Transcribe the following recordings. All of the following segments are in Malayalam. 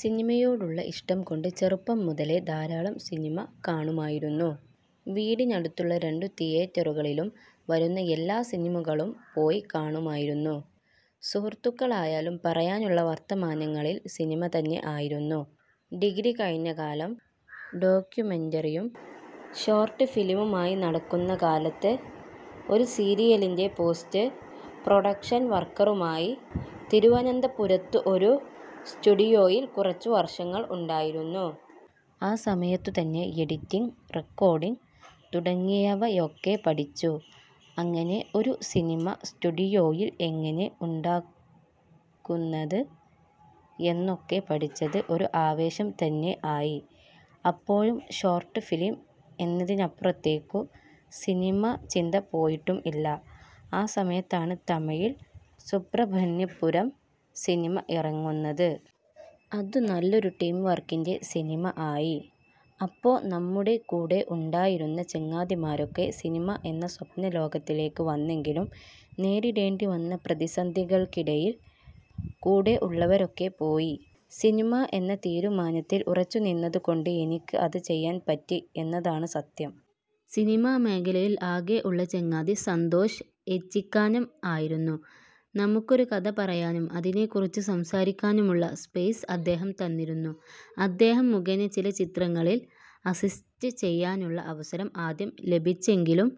സിനിമയോടുള്ള ഇഷ്ടം കൊണ്ട് ചെറുപ്പം മുതലേ ധാരാളം സിനിമ കാണുമായിരുന്നു. വീടിനടുത്തുള്ള രണ്ടു തിയേറ്ററുകളിലും വരുന്ന എല്ലാ സിനിമകളും പോയി കാണുമായിരുന്നു. സുഹൃത്തുക്കളായാലും പറയാനുള്ള വർത്തമാനങ്ങളിൽ സിനിമ തന്നെ ആയിരുന്നു. ഡിഗ്രി കഴിഞ്ഞ കാലം ഡോക്യൂമെൻ്ററിയും ഷോർട് ഫിലിമുമായി നടക്കുന്ന കാലത്ത് ഒരു സീരിയലിൻ്റെ പോസ്റ്റ് പ്രൊഡക്ഷൻ വർക്കുമായി തിരുവനന്തപുരത്തു ഒരു സ്റ്റുഡിയോയിൽ കുറച്ചു വർഷങ്ങൾ ഉണ്ടായിരുന്നു. ആ സമയത്തു തന്നെ എഡിറ്റിംഗ്, റെക്കോർഡിങ് തുടങ്ങിയവയൊക്കെ പഠിച്ചു. അങ്ങനെ ഒരു സിനിമ സ്റ്റുഡിയോയിൽ എങ്ങനെ ഉണ്ടാക്കുന്നത് എന്നൊക്കെ പഠിച്ചത് ഒരു ആവേശം തന്നെ ആയി. അപ്പോഴും ഷോർട് ഫിലിം എന്നതിനപ്പുറത്തേക്കു സിനിമ ചിന്ത പോയിട്ടും ഇല്ല. ആ സമയത്താണ് തമിഴിൽ ' സുബ്രഹ്മണ്യപുരം ' സിനിമ ഇറങ്ങുന്നത്. അത് നല്ലൊരു ടീം വർക്കിൻ്റെ സിനിമ ആയി. അപ്പോ നമ്മുടെ കൂടെ ഉണ്ടായിരുന്ന ചങ്ങാതിമാരൊക്കെ സിനിമ എന്ന സ്വപ്നത്തിലേക്ക് വന്നെങ്കിലും നേരിടേണ്ടി വന്ന പ്രതിസന്ധികൾക്കിടയിൽ കൂടെ ഉള്ളവരൊക്കെ പോയി. സിനിമ എന്ന തീരുമാനത്തിൽ ഉറച്ചു നിന്നതു കൊണ്ട് എനിക്ക് അത് ചെയ്യാൻ പറ്റി എന്നതാണ് സത്യം. സിനിമ മേഖലയിൽ ആകെ ഉള്ള ചങ്ങാതി സന്തോഷ് ഏച്ചിക്കാനം ആയിരുന്നു. നമുക്കൊരു കഥ പറയാനും അതിനെക്കുറിച്ചു സംസാരിക്കാനുമുള്ള സ്പേസ് അദ്ദേഹം തന്നിരുന്നു. അദ്ദേഹം മുഖേന ചില ചിത്രങ്ങളിൽ അസിസ്റ്റ് ചെയ്യാനുള്ള അവസരം ആദ്യം ലഭിച്ചെങ്കിലും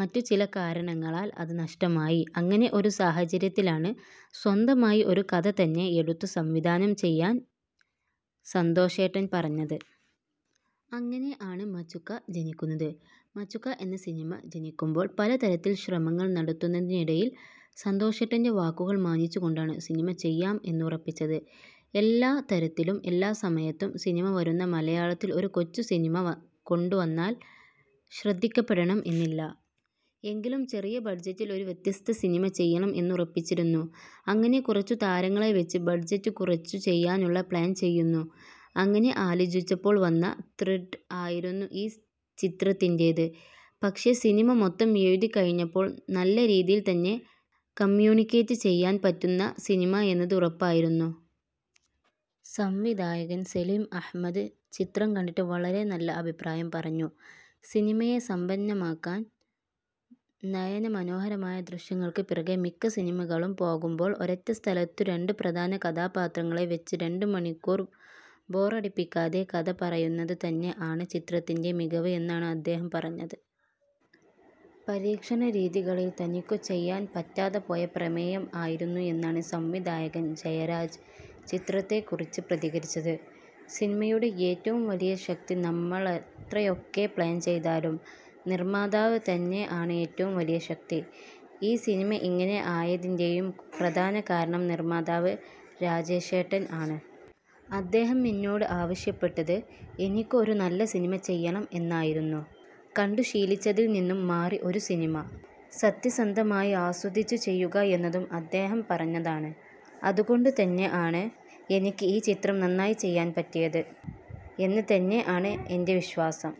മറ്റു ചില കാരണങ്ങളാൽ അത് നഷ്ടമായി. അങ്ങനെ ഒരു സാഹചര്യത്തിലാണ് സ്വന്തമായി ഒരു കഥ തന്നെ എടുത്തു സംവിധാനം ചെയ്യാൻ സന്തോഷേട്ടൻ പറഞ്ഞത്. അങ്ങനെ ആണ് ' മചുക ' ജനിക്കുന്നത്. ' മചുക ' എന്ന സിനിമ ജനിക്കുമ്പോൾ പലതരത്തിൽ ശ്രമങ്ങൾ നടത്തുന്നതിനിടയിൽ സന്തോഷേട്ടൻ്റെ വാക്കുകൾ മാനിച്ചു കൊണ്ടാണ് സിനിമ ചെയ്യാം എന്ന് ഉറപ്പിച്ചത്. എല്ലാ തരത്തിലും എല്ലാ സമയത്തും സിനിമ വരുന്ന മലയാളത്തിൽ ഒരു കൊച്ചു സിനിമ കൊണ്ട് വന്നാൽ ശ്രദ്ധിക്കപ്പെടണം എന്നില്ല. എങ്കിലും ചെറിയ ബഡ്ജറ്റിൽ ഒരു വ്യത്യസ്ത സിനിമ ചെയ്യണം എന്ന് ഉറപ്പിച്ചിരുന്നു. അങ്ങനെ കുറച്ചു താരങ്ങളെ വച്ച് ബഡ്ജറ്റ് കുറച്ചു ചെയ്യാനുള്ള പ്ലാൻ ചെയ്യുന്നു. അങ്ങനെ ആലോചിച്ചപ്പോൾ വന്ന ത്രെഡ് ആയിരുന്നു ഈ ചിത്രത്തിൻ്റേത്. പക്ഷെ സിനിമ മൊത്തം എഴുതി കഴിഞ്ഞപ്പോൾ നല്ല രീതിയിൽ തന്നെ കമ്യൂണിക്കേറ്റ് ചെയ്യാൻ പറ്റുന്ന സിനിമ എന്നത് ഉറപ്പായിരുന്നു. സംവിധായകൻ സലിം അഹമ്മദ് ചിത്രം കണ്ടിട്ട് വളരെ നല്ല അഭിപ്രായം പറഞ്ഞു. സിനിമയെ സമ്പന്നമാക്കാൻ നയന മനോഹരമായ ദൃശ്യങ്ങൾക്ക് പിറകെ മിക്ക സിനിമകളും പോകുമ്പോൾ ഒരൊറ്റ സ്ഥലത്തു രണ്ടു പ്രധാന കഥാപാത്രങ്ങളെ വച്ച് രണ്ടു മണിക്കൂർ ബോറടിപ്പിക്കാതെ കഥ പറഞ്ഞത് തന്നെ ആണ് ചിത്രത്തിൻ്റെ മികവ് എന്നാണു അദ്ദേഹം പറഞ്ഞത്. പരീക്ഷണ രീതികളിൽ തനിക്കു ചെയ്യാൻ പറ്റാതെ പോയ പ്രമേയം ആയിരുന്നു എന്നാണ് സംവിധായകൻ ജയരാജ് ചിത്രത്തെ കുറിച്ച് പ്രതികരിച്ചത്. സിനിമയുടെ ഏറ്റവും വലിയ ശക്തി. നമ്മളെത്രയൊക്കെ പ്ലാൻ ചെയ്താലും നിർമാതാവ് തന്നെ ആണ് ഏറ്റവും വലിയ ശക്തി. ഈ സിനിമ ഇങ്ങനെ ആയതിൻ്റെയും പ്രധാന കാരണം നിർമാതാവ് രാജേഷേട്ടൻ ആണ്. അദ്ദേഹം എന്നോട് ആവശ്യപ്പെട്ടത് ' എനിക്ക് ഒരു നല്ല സിനിമ ചെയ്യണം ' എന്നായിരുന്നു. കണ്ടു ശീലിച്ചതിൽ നിന്നും മാറി ഒരു സിനിമ. സത്യസന്ധമായി ആസ്വദിച്ചു ചെയ്യുക എന്നതും അദ്ദേഹം പറഞ്ഞതാണ്. അതുകൊണ്ടു തന്നെ ആണ് എനിക്ക് ഈ ചിത്രം നന്നായി ചെയ്യാൻ പറ്റിയത് എന്ന് തന്നെ ആണ് എൻ്റെ വിശ്വാസം.